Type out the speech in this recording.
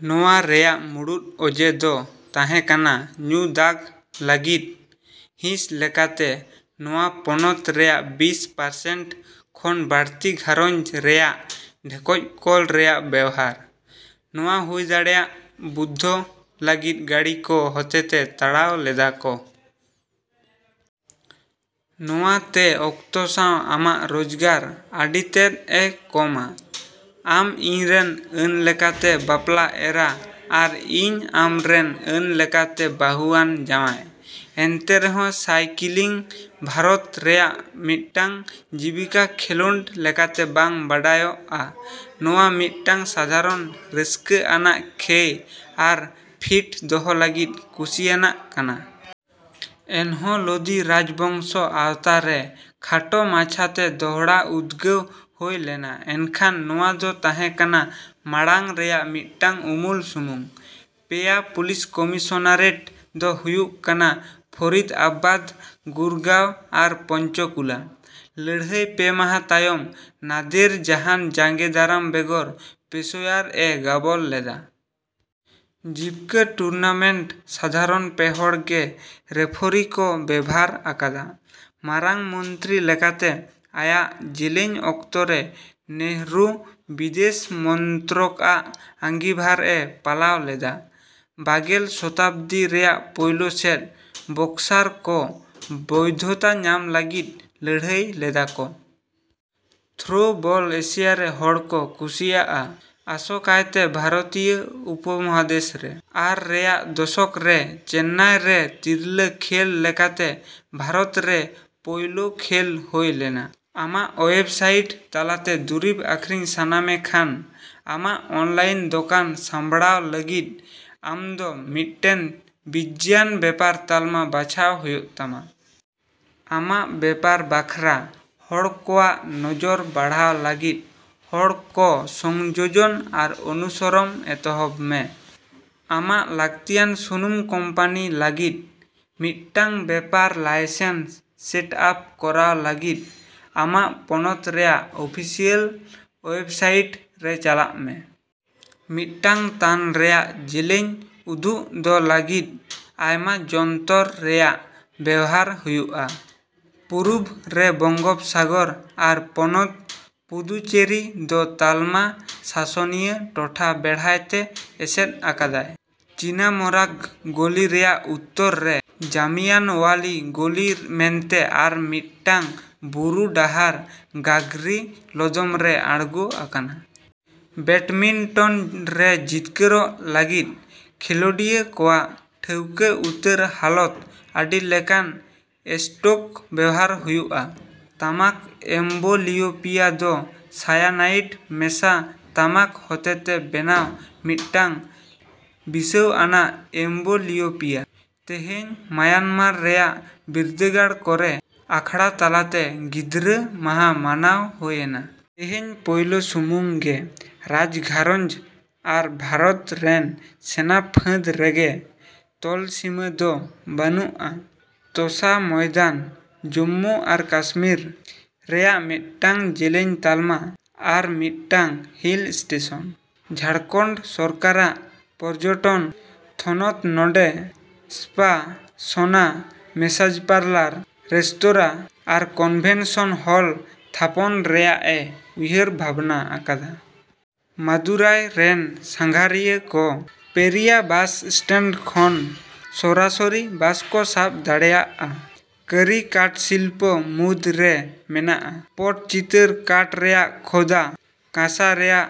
ᱱᱚᱶᱟ ᱨᱮᱭᱟᱜ ᱢᱩᱲᱩᱫ ᱚᱡᱮ ᱫᱚ ᱛᱟᱸᱦᱮᱠᱟᱱᱟ ᱧᱩ ᱫᱟᱜᱽ ᱞᱟᱹᱜᱤᱫ ᱦᱤᱸᱥ ᱞᱮᱠᱟᱛᱮ ᱱᱚᱶᱟ ᱯᱚᱱᱚᱛ ᱨᱮᱭᱟᱜ ᱵᱤᱥ ᱯᱟᱨᱥᱮᱱᱴ ᱠᱷᱚᱱ ᱵᱟᱹᱲᱛᱤ ᱜᱷᱟᱨᱚᱸᱡᱽ ᱨᱮᱭᱟᱜ ᱰᱷᱮᱠᱚᱡ ᱠᱚᱞ ᱨᱮᱭᱟᱜ ᱵᱮᱣᱦᱟᱨ᱾ ᱱᱚᱶᱟ ᱦᱩᱭᱫᱟᱲᱮᱭᱟᱜ ᱵᱩᱫᱫᱷᱚ ᱞᱟᱹᱜᱤᱫ ᱜᱟᱺᱲᱤ ᱠᱚ ᱦᱚᱛᱮᱛᱮ ᱛᱟᱲᱟᱣ ᱞᱮᱫᱟᱠᱚ᱾ ᱱᱚᱶᱟ ᱛᱮ ᱚᱠᱛᱚ ᱥᱟᱶ ᱟᱢᱟᱜ ᱨᱳᱡᱽᱜᱟᱨ ᱟᱹᱰᱤᱛᱮᱫᱼᱮ ᱠᱚᱢᱟ᱾ ᱟᱢ ᱤᱧ ᱨᱮᱱ ᱟᱹᱱᱞᱮᱠᱟᱛᱮ ᱵᱟᱯᱞᱟ ᱮᱨᱟ ᱟᱨ ᱤᱧ ᱟᱢᱨᱮᱱ ᱟᱹᱱ ᱞᱮᱠᱟᱛᱮ ᱵᱟᱹᱦᱩᱟᱱ ᱡᱟᱶᱟᱭ᱾ ᱮᱱᱛᱮ ᱨᱮᱦᱚᱸ ᱥᱟᱭᱠᱤᱞᱤᱝ ᱵᱷᱟᱨᱚᱛ ᱨᱮᱭᱟᱜ ᱢᱤᱫᱴᱟᱝ ᱡᱤᱵᱠᱤᱠᱟ ᱠᱷᱮᱞᱳᱰ ᱞᱟᱠᱟᱛᱮ ᱵᱟᱝ ᱵᱟᱰᱟᱭᱟᱜᱼᱟ, ᱱᱚᱶᱟ ᱢᱤᱫᱴᱟᱝ ᱥᱟᱫᱷᱟᱨᱚᱱ ᱨᱟᱥᱠᱟᱹᱟᱱᱟᱟᱜ ᱠᱷᱮᱭ ᱟᱨ ᱯᱷᱤᱴ ᱫᱚᱦᱚ ᱞᱟᱹᱜᱤᱫ ᱠᱩᱥᱤᱭᱟᱱᱟᱜ ᱠᱟᱱᱟ᱾ ᱮᱱᱦᱚᱸ ᱞᱳᱫᱤ ᱨᱟᱡᱽᱵᱚᱝᱥᱚ ᱟᱶᱛᱟᱨᱮ ᱠᱷᱟᱴᱚ ᱢᱟᱪᱷᱟᱛᱮ ᱫᱚᱦᱲᱟ ᱩᱫᱜᱟᱹᱣ ᱦᱳᱭ ᱞᱮᱱᱟ ᱮᱱᱠᱷᱟᱱ ᱱᱚᱶᱟ ᱫᱚ ᱛᱟᱦᱮᱸ ᱠᱟᱱᱟ ᱢᱟᱲᱟᱝ ᱨᱮᱭᱟᱜ ᱢᱤᱫᱴᱟᱝ ᱩᱢᱩᱞ ᱥᱩᱢᱩᱝ᱾ ᱯᱮᱭᱟ ᱯᱩᱞᱤᱥ ᱠᱚᱢᱤᱥᱚᱱᱟᱨᱮᱴ ᱫᱚ ᱦᱩᱭᱩᱜ ᱠᱟᱱᱟ ᱯᱷᱚᱨᱤᱫᱟᱵᱟᱫᱽ, ᱜᱩᱨᱜᱟᱶ ᱟᱨ ᱯᱚᱧᱪᱚᱠᱩᱞᱟ᱾ ᱞᱟᱹᱲᱦᱟᱹᱭ ᱯᱮ ᱢᱟᱦᱟ ᱛᱟᱭᱚᱢ, ᱱᱟᱫᱮᱨ ᱡᱟᱦᱟᱸᱱ ᱡᱟᱸᱜᱮ ᱫᱟᱨᱟᱢ ᱵᱮᱜᱚᱨ ᱯᱮᱥᱳᱣᱭᱟᱨ ᱮ ᱜᱚᱵᱚᱞ ᱞᱮᱫᱟ᱾ ᱡᱤᱵᱠᱟᱹ ᱴᱩᱨᱱᱟᱢᱮᱱᱴ ᱥᱟᱫᱷᱟᱨᱚᱱ ᱯᱮᱦᱚᱲ ᱜᱮ ᱨᱮᱯᱷᱚᱨᱤ ᱠᱚ ᱵᱮᱵᱷᱟᱨ ᱟᱠᱟᱫᱟ᱾ ᱢᱟᱨᱟᱝ ᱢᱚᱱᱛᱨᱤ ᱞᱮᱠᱟᱛᱮ ᱟᱭᱟᱜ ᱡᱮᱹᱞᱮᱹᱧ ᱚᱠᱛᱚᱨᱮ ᱱᱮᱹᱦᱨᱩ ᱵᱤᱫᱮᱹᱥ ᱢᱚᱱᱛᱨᱚᱠᱟᱜ ᱟᱸᱜᱤᱵᱷᱟᱨᱮ ᱯᱟᱞᱟᱣ ᱞᱮᱫᱟ᱾ ᱵᱟᱜᱮᱞ ᱥᱚᱛᱟᱵᱽᱫᱤ ᱨᱮᱭᱟᱜ ᱯᱳᱭᱞᱳ ᱥᱮᱫ, ᱵᱚᱠᱥᱥᱟᱨ ᱠᱚ ᱵᱳᱭᱫᱷᱚᱛᱟ ᱧᱟᱢ ᱞᱟᱹᱜᱤᱫ ᱞᱟᱹᱲᱦᱟᱹᱭ ᱞᱮᱫᱟ ᱠᱚ᱾ ᱛᱷᱨᱳᱵᱚᱞ ᱮᱥᱤᱭᱟ ᱨᱮ ᱦᱚᱲ ᱠᱚ ᱠᱩᱥᱤᱭᱟᱜᱼᱟ, ᱟᱥᱚᱠᱟᱭᱛᱮ ᱵᱷᱟᱨᱚᱛᱤᱭᱟᱹ ᱩᱯᱚᱢᱚᱦᱟᱫᱮᱥ ᱨᱮ, ᱟᱨ ᱨᱮᱭᱟᱜ ᱫᱚᱥᱚᱠ ᱨᱮ ᱪᱮᱱᱱᱟᱭᱨᱮ ᱛᱤᱨᱞᱟᱹ ᱠᱚ ᱠᱷᱮᱹᱞ ᱞᱮᱠᱟᱛᱮ ᱵᱷᱟᱨᱚᱛᱨᱮ ᱯᱳᱭᱞᱳ ᱠᱷᱮᱞ ᱦᱳᱭ ᱞᱮᱱᱟ᱾ ᱟᱢᱟᱜ ᱳᱭᱮᱵᱽᱥᱟᱭᱤᱴ ᱛᱟᱞᱟᱛᱮ ᱫᱩᱨᱤᱵᱽ ᱟᱹᱠᱷᱨᱤᱧ ᱥᱟᱱᱟᱢᱮ ᱠᱷᱟᱱ, ᱟᱢᱟᱜ ᱚᱱᱞᱟᱭᱤᱱ ᱫᱚᱠᱟᱱ ᱥᱟᱸᱵᱽᱲᱟᱣ ᱞᱟᱹᱜᱤᱫ ᱟᱢᱫᱚ ᱢᱤᱫᱴᱮᱱ ᱵᱤᱡᱽᱭᱟᱱ ᱵᱮᱯᱟᱨ ᱛᱟᱞᱢᱟ ᱵᱟᱪᱷᱟᱣ ᱦᱳᱭᱳᱜ ᱛᱟᱢᱟ᱾ ᱟᱢᱟᱜ ᱵᱮᱯᱟᱨ ᱵᱟᱠᱷᱨᱟ ᱦᱚᱲ ᱠᱚᱣᱟᱜ ᱱᱚᱡᱚᱨ ᱵᱟᱲᱦᱟᱣ ᱞᱟᱹᱜᱤᱫ ᱦᱚᱲ ᱠᱚ 'ᱥᱚᱝᱡᱳᱡᱚᱱ' ᱟᱨ 'ᱚᱱᱩᱥᱚᱨᱚᱢ' ᱮᱛᱦᱚᱵ ᱢᱮ᱾ ᱟᱢᱟᱜ ᱞᱟᱠᱛᱤᱭᱟᱱ ᱥᱩᱱᱩᱢ ᱠᱳᱢᱯᱟᱱᱤ ᱞᱟᱹᱜᱤᱫ ᱢᱤᱫᱴᱟᱝ ᱵᱮᱯᱟᱨ ᱞᱟᱭᱥᱮᱱᱥ ᱥᱮᱴ ᱟᱯ ᱠᱚᱨᱟᱣ ᱞᱟᱜᱤᱫ, ᱟᱢᱟᱜ ᱯᱚᱱᱚᱛ ᱨᱮᱭᱟᱜ ᱚᱯᱷᱤᱥᱤᱭᱟᱹᱞ ᱳᱭᱮᱵᱽᱥᱟᱭᱤᱴ ᱨᱮ ᱪᱟᱞᱟᱜ ᱢᱮ᱾ ᱢᱤᱫᱴᱟᱝ ᱛᱟᱱ ᱨᱮᱭᱟᱜ ᱡᱮᱹᱞᱮᱹᱧ ᱩᱫᱩᱜᱫᱚ ᱞᱟᱹᱜᱤᱫ, ᱟᱭᱢᱟ ᱡᱚᱱᱛᱚᱨ ᱨᱮᱱᱟᱜ ᱵᱮᱣᱦᱟᱨ ᱦᱩᱭᱩᱜᱼᱟ᱾ ᱯᱩᱨᱩᱵᱽ ᱨᱮ ᱵᱚᱝᱜᱳᱯᱥᱟᱜᱚᱨ ᱟᱨ ᱯᱚᱱᱚᱛ ᱯᱩᱫᱩᱪᱮᱨᱤ ᱫᱚ ᱛᱟᱞᱢᱟ ᱥᱟᱥᱚᱱᱤᱭᱟᱹ ᱴᱚᱴᱷᱟ ᱵᱮᱲᱦᱟᱭᱛᱮ ᱮᱥᱮᱫ ᱟᱠᱟᱫᱟᱭ᱾ ᱪᱤᱱᱟᱢᱚᱨᱟᱜᱽ ᱜᱚᱞᱤᱨᱮᱭᱟᱜ ᱩᱛᱛᱚᱨ ᱨᱮ ᱡᱟᱢᱤᱭᱟᱱᱳᱣᱟᱞᱤ ᱜᱚᱞᱤ ᱢᱮᱱᱛᱮ ᱟᱨ ᱢᱤᱫᱴᱟᱝ ᱵᱩᱨᱩ ᱰᱟᱦᱟᱨ ᱜᱟᱜᱽᱨᱤ ᱞᱚᱫᱚᱢ ᱨᱮ ᱟᱬᱜᱳ ᱟᱠᱟᱱᱟ᱾ ᱵᱮᱴᱢᱤᱱᱴᱚᱱ ᱨᱮ ᱡᱤᱛᱠᱟᱹᱨ ᱞᱟᱹᱜᱤᱫ ᱠᱷᱮᱞᱳᱰᱤᱭᱟᱹ ᱠᱚᱣᱟᱜ ᱴᱷᱟᱹᱣᱠᱟᱹ ᱩᱛᱟᱹᱨ ᱦᱟᱞᱚᱛ ᱟᱹᱰᱤ ᱞᱮᱠᱟᱱ ᱮᱥᱴᱳᱠ ᱵᱮᱣᱦᱟᱨ ᱦᱩᱭᱩᱜᱼᱟ᱾ ᱛᱟᱢᱟᱠ ᱮᱢᱵᱚᱞᱤᱳᱯᱤᱭᱟ ᱫᱚ ᱥᱟᱭᱟᱱᱟᱭᱤᱰ ᱢᱮᱥᱟ ᱛᱟᱢᱟᱠ ᱦᱚᱛᱮᱛᱮ ᱵᱮᱱᱟᱣ ᱢᱤᱫᱴᱟᱝ ᱵᱤᱥᱟᱹᱣᱟᱱᱟᱜ ᱮᱢᱵᱚᱞᱤᱭᱳᱯᱤᱭᱟ᱾ ᱛᱮᱹᱦᱮᱹᱧ, ᱢᱟᱭᱟᱱᱢᱟᱨ ᱨᱮᱱᱟᱜ ᱵᱤᱨᱫᱟᱹᱜᱟᱲ ᱠᱚᱨᱮ ᱟᱠᱷᱲᱟ ᱛᱟᱞᱟᱛᱮ ᱜᱤᱫᱽᱨᱟᱹ ᱢᱟᱦᱟ ᱢᱟᱱᱟᱣ ᱦᱳᱭᱮᱱᱟ᱾ ᱛᱮᱹᱦᱮᱹᱧ ᱯᱳᱞᱳ ᱥᱩᱢᱩᱝᱜᱮ ᱨᱟᱡᱜᱷᱟᱨᱚᱸᱧᱡᱽ ᱟᱨ ᱵᱷᱟᱨᱚᱛ ᱨᱮᱱ ᱥᱮᱱᱟ ᱯᱷᱟᱹᱫᱽ ᱨᱮᱜᱮ ᱛᱚᱞᱥᱤᱢᱟᱹ ᱫᱚ ᱵᱟᱹᱱᱩᱜᱼᱟ ᱛᱚᱥᱟ ᱢᱚᱭᱫᱟᱱ ᱡᱩᱢᱢᱩ ᱟᱨ ᱠᱟᱥᱢᱤᱨ ᱨᱮᱭᱟᱜ ᱢᱤᱫᱴᱟᱝ ᱧᱮᱧᱮᱞ ᱛᱟᱞᱢᱟ ᱟᱨ ᱢᱤᱫᱴᱟᱝ ᱦᱤᱞ ᱥᱴᱮᱹᱥᱚᱱ᱾ ᱡᱷᱟᱲᱠᱷᱚᱸᱰ ᱥᱚᱨᱠᱟᱨᱟᱜ ᱯᱚᱨᱡᱚᱴᱚᱱ ᱛᱷᱚᱱᱚᱛ ᱱᱚᱸᱰᱮ spa, sauna, massage parlour, restaurant ᱟᱨ ᱠᱚᱱᱵᱷᱮᱱᱥᱚᱱ ᱦᱚᱞ ᱛᱷᱟᱯᱚᱱ ᱨᱮᱭᱟᱜᱼᱮ ᱩᱭᱦᱟᱹᱨ ᱵᱷᱟᱵᱱᱟ ᱟᱠᱟᱫᱟ᱾ ᱢᱟᱫᱩᱨᱟᱭ ᱨᱮᱱ ᱥᱟᱸᱜᱷᱟᱨᱤᱭᱟᱹᱠᱚ ᱯᱮᱹᱨᱤᱭᱟ ᱵᱟᱥ ᱥᱴᱮᱱᱰ ᱠᱷᱚᱱ ᱥᱚᱨᱟᱥᱚᱨᱤ ᱵᱟᱥ ᱠᱚ ᱥᱟᱵ ᱫᱟᱲᱮᱹᱭᱟᱜᱼᱟ᱾ ᱠᱟᱹᱨᱤ ᱠᱟᱴᱥᱤᱞᱯᱚ ᱢᱩᱫ ᱨᱮ ᱢᱟᱱᱟᱜᱼᱟ ᱯᱚᱴᱚᱪᱤᱛᱟᱹᱨ ᱠᱟᱴ ᱨᱮᱭᱟᱜ ᱠᱷᱳᱫᱟ, ᱠᱟᱸᱥᱟ ᱨᱮᱭᱟᱜ᱾